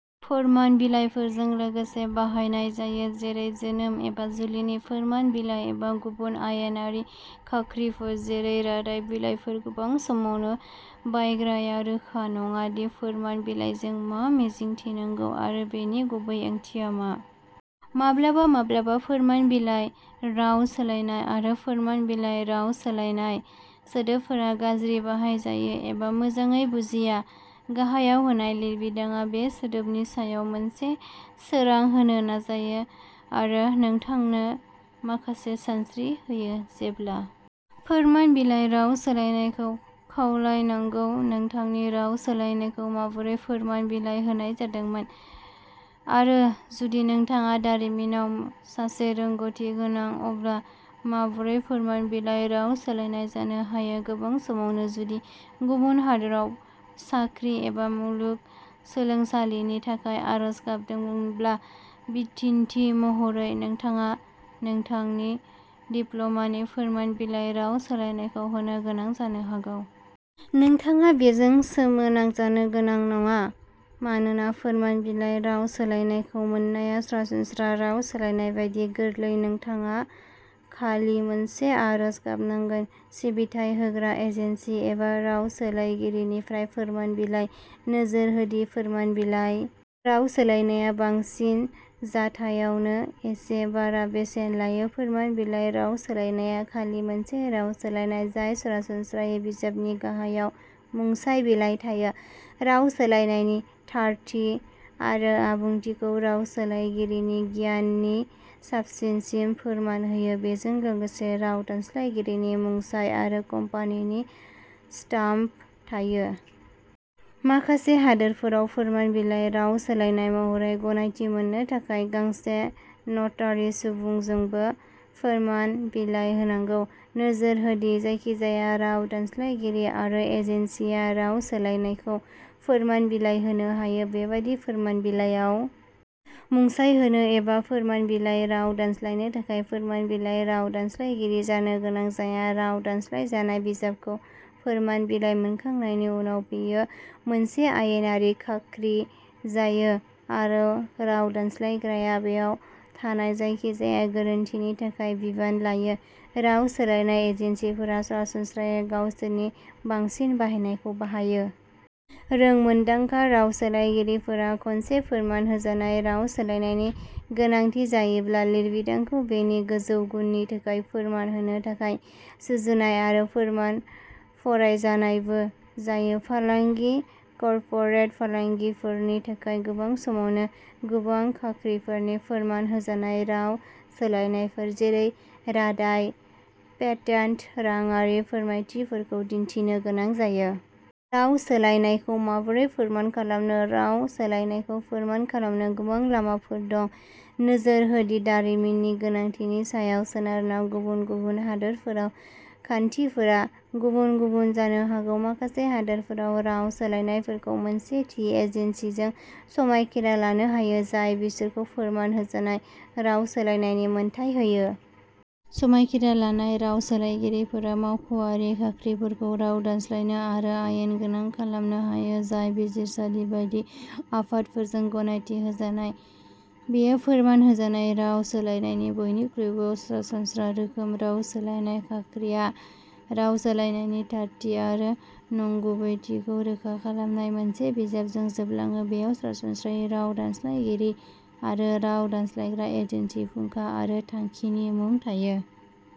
फोरमान बिलाइफोरजों लोगोसे बाहायनाय जायो जेरै जोनोम एबा जुलिनि फोरमान बिलाइ एबा गुबुन आयेनारि खाख्रिफोर जेरै रादाय बिलाइफोर गोबां समावनो बायग्राया रोखा नङा दि फोरमान बिलाइजों मा मिजिंथिनांगौ आरो बेनि गुबै ओंथिया मा माब्लाबा माब्लाबा फोरमान बिलाइ राव सोलायनाय आरो फोरमान बिलाइ राव सोलायनाय सोदोबफोरा गाज्रि बाहायजायो एबा मोजाङै बुजिया गाहायाव होनाय लिरबिदांआ बे सोदोबनि सायाव मोनसे सोरां होनो नाजायो आरो नोंथांनो माखासे सानस्रि होयो जेब्ला फोरमान बिलाइ राव सोलायनायखौ खावलायनांगौ नोंथांनि राव सोलायनायखौ माबोरै फोरमान बिलाइ होनाय जादोंमोन आरो जुदि नोंथाङा दारिमिनाव सासे रोंग'थि गोनां अब्ला माबोरै फोरमान बिलाइ राव सोलायनाय जानो हायो गोबां समावनो जुदि गुबुन हादोराव साख्रि एबा मुलुगसोलोंसालिनि थाखाय आर'ज गाबदोंब्ला बिदिन्थि महरै नोंथाङा नोंथांनि डिप्ल'मानि फोरमान बिलाइ राव सोलायनायखौ होनो गोनां जानो हागौ। नोंथाङा बेजों सोमोनांजानो गोनां नङा मानोना फोरमान बिलाइ राव सोलायनायखौ मोननाया सरासनस्रा राव सोलायनाय बायदि गोरलै नोंथाङा खालि मोनसे आरज गाबनांगोन सिबिथाय होग्रा एजेन्सि एबा रावसोलायगिरिनिफ्राय फोरमान बिलाइ नोजोर हो दि फोरमान बिलाइ राव सोलायनाया बांसिन जाथायावनो एसे बारा बेसेन लायो फोरमान बिलाइ राव सोलायनाया खालि मोनसे राव सोलायनाय जाय सरासनस्रायै बिजाबनि गाहायाव मुंसाइ बिलाइ थायो राव सोलायनायनि थारथि आरो आबुंथिखौ रावसोलायगिरिनि गियाननि साबसिनसिम फोरमान होयो बेजों लोगोसे राव दानस्लायगिरिनि मुंसाइ आरो कम्पानिनि स्टाम्प थायो। माखासे हादोरफोराव फोरमान बिलाइ राव सोलायनाय महरै गनायथि मोननो थाखाय गांसे नटारि सुबुंजोंबो फोरमान बिलाइ होनांगौ। नोजोर हो दि जायखिजाया राव दानस्लायगिरि आरो एजेन्सिआ राव सोलायनायखौ फोरमान बिलाइ होनो हायो बेबादि फोरमान बिलाइयाव मुंसाइ होनो एबा फोरमान बिलाइ राव दानस्लायनो थाखाय फोरमान बिलाइ राव दानस्लायगिरि जानो गोनां जाया राव दानस्लायजानाय बिजाबखौ फोरमान बिलाइ मोनखांनायनि उनाव बेयो मोनसे आयेनारि खाख्रि जायो आरो राव दानस्लायग्राया बेयाव थानाय जायखिजाया गोरोन्थिनि थाखाय बिबान लायो राव सोलायनाय एजेन्सिफोरा सरासनस्रायै गावसोरनि बांसिन बाहायनायखौ बाहायो। रोंमोन्दांखा रावसोलायगिरिफोरा खनसे फोरमान होजानाय राव सोलायनायनि गोनांथि जायोब्ला लिरबिदांखौ बेनि गोजौ गुननि थाखाय फोरमान होनो थाखाय सुजुनाय आरो फोरमान फरायजानायबो जायो फालांगि कर्परेट फालांगिफोरनि थाखाय गोबां समावनो गोबां खाख्रिफोरनि फोरमान होजानाय राव सोलायनायफोर जेरै रादाय पेटेन्ट राङारि फोरमायथिफोरखौ दिन्थिनो गोनां जायो। राव सोलायनायखौ माबोरै फोरमान खालामनो राव सोलायनायखौ फोरमान खालामनो गोबां लामाफोर दं नोजोर हो दि दारिमिननि गोनांथिनि सायाव सोनारना गुबुन गुबुन हादोरफोराव खान्थिफोरा गुबुन गुबुन जानो हागौ। माखासे हादोरफोराव राव सोलायनायफोरखौ मोनसे थि एजेन्सिजों समायखिरा लानो हायो जाय बिसोरखौ फोरमान होजानाय राव सोलायनायनि मोन्थाइ होयो। समायखिरा लानाय राव सोलायगिरिफोरा मावख'आरि खाख्रिफोरखौ राव दानस्लायनो आरो आयेनगोनां खालामनो हायो जाय बिजिरसालि बायदि आफादफोरजों गनायथि होजानाय बेयो फोरमान होजानाय राव सोलायनायनि बयनिख्रुइबो सरासनस्रा रोखोम राव सोलायनाय खाख्रिआ राव सोलायनायनि थारथि आरो नंगुबैथिखौ रोखा खालामनाय मोनसे बिजाबजों जोबलाङो बेयाव सरासनस्रायै राव दानस्लायगिरि आरो राव दानस्लायग्रा एजेन्सि फुंखा आरो थांखिनि मुं थायो।